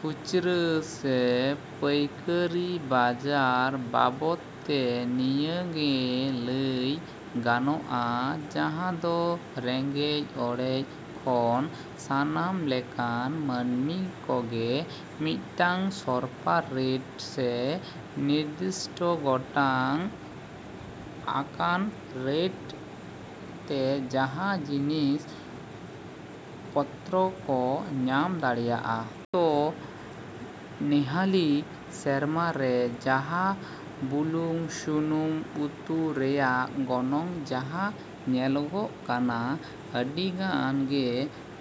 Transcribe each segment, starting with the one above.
‎ᱠᱷᱩᱪᱨᱟᱹ ᱥᱮ ᱯᱟᱹᱭᱠᱟᱹᱨᱤ ᱵᱟᱡᱟᱨ ᱵᱟᱵᱚᱫᱽ ᱛᱮ ᱱᱤᱭᱟᱹ ᱜᱮ ᱞᱟᱹᱭ ᱜᱟᱱᱚᱜᱼᱟ ᱡᱟᱦᱟᱸ ᱫᱚ ᱨᱮᱸᱜᱮᱡ ᱚᱨᱮᱡ ᱠᱷᱚᱱ ᱥᱟᱱᱟᱢ ᱞᱮᱠᱟᱱ ᱢᱟᱹᱱᱢᱤ ᱠᱚᱜᱮ ᱢᱤᱫᱴᱟᱝ ᱥᱚᱨᱯᱷᱟ ᱨᱮᱴ ᱥᱮ ᱱᱤᱨᱫᱤᱥᱴᱚ ᱜᱚᱴᱟ ᱟᱠᱟᱱ ᱨᱮᱴ ᱛᱮ ᱡᱟᱦᱟᱸ ᱡᱤᱱᱤᱥ ᱯᱚᱛᱨᱚ ᱠᱚ ᱧᱟᱢ ᱫᱟᱲᱮᱭᱟᱜᱼᱟ᱾ ᱛᱚ ᱱᱮᱦᱟᱹᱞᱤ ᱥᱮᱨᱢᱟ ᱨᱮ ᱡᱟᱦᱟᱸ ᱵᱩᱞᱩᱝ ᱥᱩᱱᱩᱢ ᱩᱛᱩ ᱨᱮᱭᱟᱜ ᱜᱚᱱᱚᱝ ᱡᱟᱦᱟᱸ ᱧᱮᱞᱚᱜᱚᱜ ᱠᱟᱱᱟ ᱟᱹᱰᱤ ᱜᱟᱱ ᱜᱮ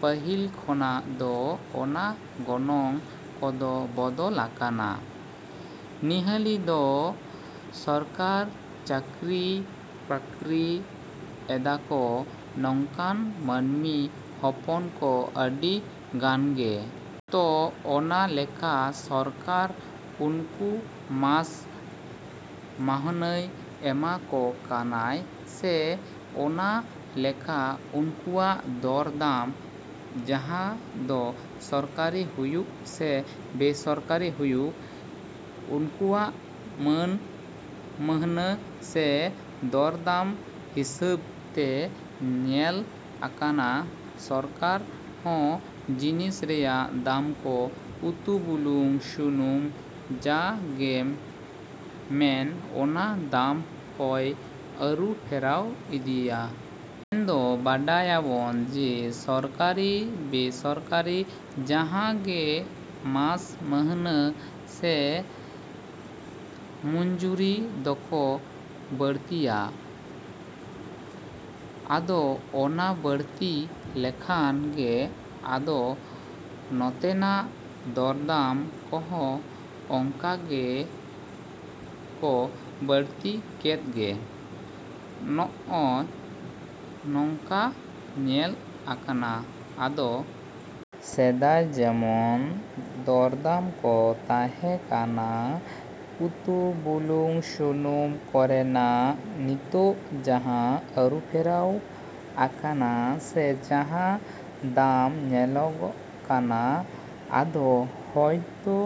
ᱯᱟᱹᱦᱤᱞ ᱠᱷᱚᱱᱟᱜ ᱫᱚ ᱚᱱᱟ ᱜᱚᱱᱚᱝ ᱠᱚᱫᱚ ᱵᱚᱫᱚᱞ ᱟᱠᱟᱱᱟ᱾ ᱱᱮᱦᱟᱹᱞᱤ ᱫᱚ ᱥᱚᱨᱠᱟᱨ ᱪᱟᱠᱨᱤ ᱵᱟᱠᱨᱤ ᱮᱫᱟᱠᱚ ᱱᱚᱝᱠᱟᱱ ᱢᱟᱹᱱᱢᱤ ᱦᱚᱯᱚᱱ ᱠᱚ ᱟᱹᱰᱤ ᱜᱟᱱ ᱜᱮ᱾ ᱛᱚ ᱚᱠᱟ ᱞᱮᱠᱟ ᱥᱚᱨᱠᱟᱨ ᱩᱱᱠᱩ ᱢᱟᱥ ᱢᱟᱹᱦᱱᱟᱹᱭ ᱮᱢᱟ ᱠᱚ ᱠᱟᱱᱟᱭ ᱥᱮ ᱚᱠᱟ ᱞᱮᱠᱟ ᱩᱱᱠᱩᱣᱟᱜ ᱫᱚᱨ ᱫᱟᱢ ᱡᱟᱦᱟᱸ ᱫᱚ ᱥᱚᱨᱠᱟᱨᱤ ᱦᱩᱭᱩᱜ ᱥᱮ ᱵᱮᱼᱥᱚᱨᱠᱟᱨᱤ ᱦᱩᱭᱩᱜ ᱩᱱᱠᱩᱣᱟᱜ ᱢᱟᱹᱥ ᱢᱟᱹᱦᱱᱟᱹ ᱥᱮ ᱫᱚᱨ ᱫᱟᱢ ᱦᱤᱸᱥᱟᱹᱵ ᱛᱮ ᱧᱮᱞ ᱟᱠᱟᱱᱟ ᱥᱚᱨᱠᱟᱨ ᱦᱚᱸ ᱡᱤᱱᱤᱥ ᱨᱮᱱᱟᱜ ᱫᱟᱢ ᱠᱚ ᱩᱛᱩ ᱵᱩᱞᱩᱝ ᱥᱩᱱᱩᱢ ᱡᱟ ᱜᱮᱢ ᱢᱮᱱ ᱚᱱᱟ ᱫᱟᱢ ᱠᱚᱭ ᱟᱹᱨᱩ ᱯᱷᱮᱨᱟᱣ ᱤᱫᱤᱭᱟ᱾ ᱢᱮᱱ ᱫᱚ ᱵᱟᱰᱟᱭᱟᱵᱚᱱ ᱡᱮ ᱥᱚᱨᱠᱟᱨᱤ ᱵᱮᱼᱥᱚᱨᱠᱟᱨᱤ ᱡᱟᱦᱟᱸ ᱜᱮ ᱢᱟᱥ ᱢᱟᱹᱦᱱᱟᱹ ᱥᱮ ᱢᱚᱡᱩᱨᱤ ᱫᱚᱠᱚ ᱵᱟᱹᱲᱛᱤᱭᱟ᱾ ᱟᱫᱚ ᱚᱱᱟ ᱵᱟᱹᱲᱛᱤ ᱞᱮᱠᱷᱟᱱ ᱜᱮ ᱟᱫᱚ ᱱᱚᱛᱮᱱᱟᱜ ᱫᱚᱨᱫᱟᱢ ᱠᱚᱦᱚᱸ ᱚᱝᱠᱟ ᱜᱮᱠᱚ ᱵᱟᱹᱲᱛᱤ ᱠᱮᱫ ᱜᱮ᱾ ᱱᱚᱜᱼᱚ ᱱᱚᱝᱠᱟ ᱧᱮᱞ ᱟᱠᱟᱱᱟ᱾ ᱟᱫᱚ ᱥᱮᱫᱟᱭ ᱡᱮᱢᱚᱱ ᱫᱚᱨᱫᱟᱢ ᱠᱚ ᱛᱟᱦᱮᱸ ᱠᱟᱱᱟ ᱩᱛᱩ ᱵᱩᱞᱩᱝ ᱥᱩᱱᱩᱢ ᱠᱚᱨᱮᱱᱟᱜ ᱱᱤᱛᱳᱜ ᱡᱟᱦᱟᱸ ᱟᱹᱨᱩᱯᱷᱮᱨᱟᱣ ᱟᱠᱟᱱᱟ ᱥᱮ ᱡᱟᱦᱟᱸ ᱫᱟᱢ ᱧᱮᱞᱚᱜ ᱠᱟᱱᱟ ᱟᱫᱚ ᱦᱳᱭ ᱛᱚ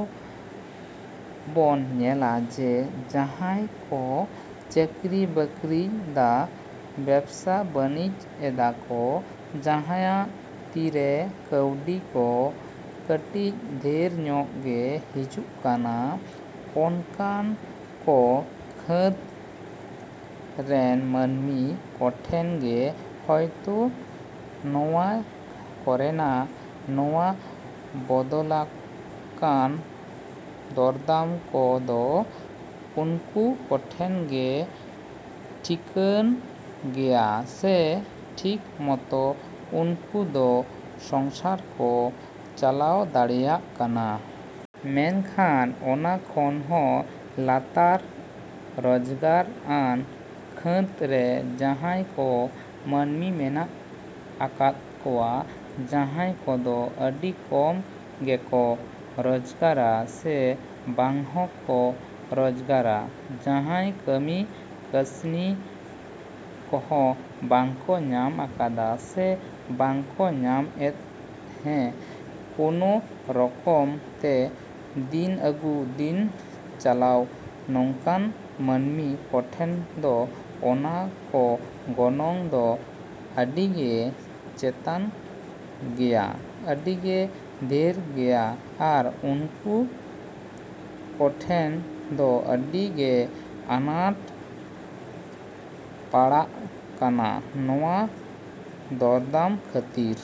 ᱵᱚᱱ ᱧᱮᱞᱟ ᱡᱮ ᱡᱟᱦᱟᱸᱭ ᱠᱚ ᱪᱟᱠᱨᱤ ᱵᱟᱠᱨᱤᱭ ᱫᱟ ᱵᱮᱵᱥᱟ ᱵᱟᱱᱤᱡᱽ ᱮᱫᱟᱠᱚ ᱡᱟᱦᱟᱸᱭᱟᱜ ᱛᱤᱨᱮ ᱠᱟᱹᱣᱰᱤ ᱠᱚ ᱠᱟᱹᱴᱤᱡ ᱰᱷᱮᱨ ᱧᱚᱜ ᱜᱮ ᱦᱤᱡᱩᱜ ᱠᱟᱱᱟ ᱚᱱᱠᱟᱱ ᱠᱚ ᱠᱷᱟᱹᱫᱽ ᱨᱮᱱ ᱢᱟᱹᱱᱢᱤ ᱠᱚᱴᱷᱮᱱ ᱜᱮ ᱦᱳᱭᱛᱚ ᱱᱚᱣᱟ ᱠᱚᱨᱮᱱᱟᱜ ᱱᱚᱣᱟ ᱵᱚᱫᱚᱞᱟᱠᱟᱱ ᱫᱚᱨᱫᱟᱢ ᱠᱚ ᱫᱚ ᱩᱱᱠᱩ ᱠᱚᱴᱷᱮᱱ ᱜᱮ ᱴᱷᱤᱠᱟᱹᱱ ᱜᱮᱭᱟ ᱥᱮ ᱴᱷᱤᱠ ᱢᱚᱛᱚ ᱩᱱᱠᱩ ᱫᱚ ᱥᱚᱝᱥᱟᱨ ᱠᱚ ᱪᱟᱞᱟᱣ ᱫᱟᱲᱮᱭᱟᱜ ᱠᱟᱱᱟ᱾ ᱢᱮᱱᱠᱷᱟᱱ ᱚᱱᱟ ᱠᱷᱚᱱ ᱦᱚᱸ ᱞᱟᱛᱟᱨ ᱨᱚᱡᱽᱜᱟᱨ ᱟᱱ ᱠᱷᱟᱹᱫᱽ ᱨᱮ ᱡᱟᱦᱟᱸᱭ ᱠᱚ ᱢᱟᱹᱱᱢᱤ ᱢᱮᱱᱟᱜ ᱟᱠᱟᱫ ᱠᱚᱣᱟ ᱡᱟᱦᱟᱸᱭ ᱠᱚᱫᱚ ᱟᱹᱰᱤ ᱠᱚᱢ ᱜᱮᱠᱚ ᱨᱚᱡᱽᱜᱟᱨᱟ ᱥᱮ ᱵᱟᱝ ᱦᱚᱸ ᱠᱚ ᱨᱚᱡᱽᱜᱟᱨᱟ ᱡᱟᱦᱟᱸᱭ ᱠᱟᱹᱢᱤ ᱠᱟᱥᱱᱤ ᱠᱚᱦᱚᱸ ᱵᱟᱝ ᱠᱚ ᱧᱟᱢ ᱟᱠᱟᱫᱟ ᱥᱮ ᱵᱟᱝ ᱠᱚ ᱧᱟᱢ ᱮᱫᱟ ᱦᱮᱸ ᱠᱳᱱᱳ ᱨᱚᱠᱚᱢ ᱛᱮ ᱫᱤᱱ ᱟᱜᱩ ᱫᱤᱱ ᱪᱟᱞᱟᱣ ᱱᱚᱝᱠᱟᱱ ᱢᱟᱹᱱᱢᱤ ᱠᱚᱴᱷᱮᱱ ᱫᱚ ᱚᱱᱟ ᱠᱚ ᱜᱚᱱᱚᱝ ᱫᱚ ᱟᱹᱰᱤᱜᱮ ᱪᱮᱛᱟᱱ ᱜᱮᱭᱟ ᱟᱹᱰᱤᱜᱮ ᱰᱷᱮᱨ ᱜᱮᱭᱟ ᱟᱨ ᱩᱝᱠᱩ ᱠᱚᱴᱷᱮᱱ ᱫᱚ ᱟᱹᱰᱤ ᱜᱮ ᱟᱱᱟᱴ ᱯᱟᱲᱟᱜ ᱠᱟᱱᱟ ᱱᱚᱣᱟ ᱫᱚᱨᱫᱟᱢ ᱠᱷᱟᱹᱛᱤᱨ᱾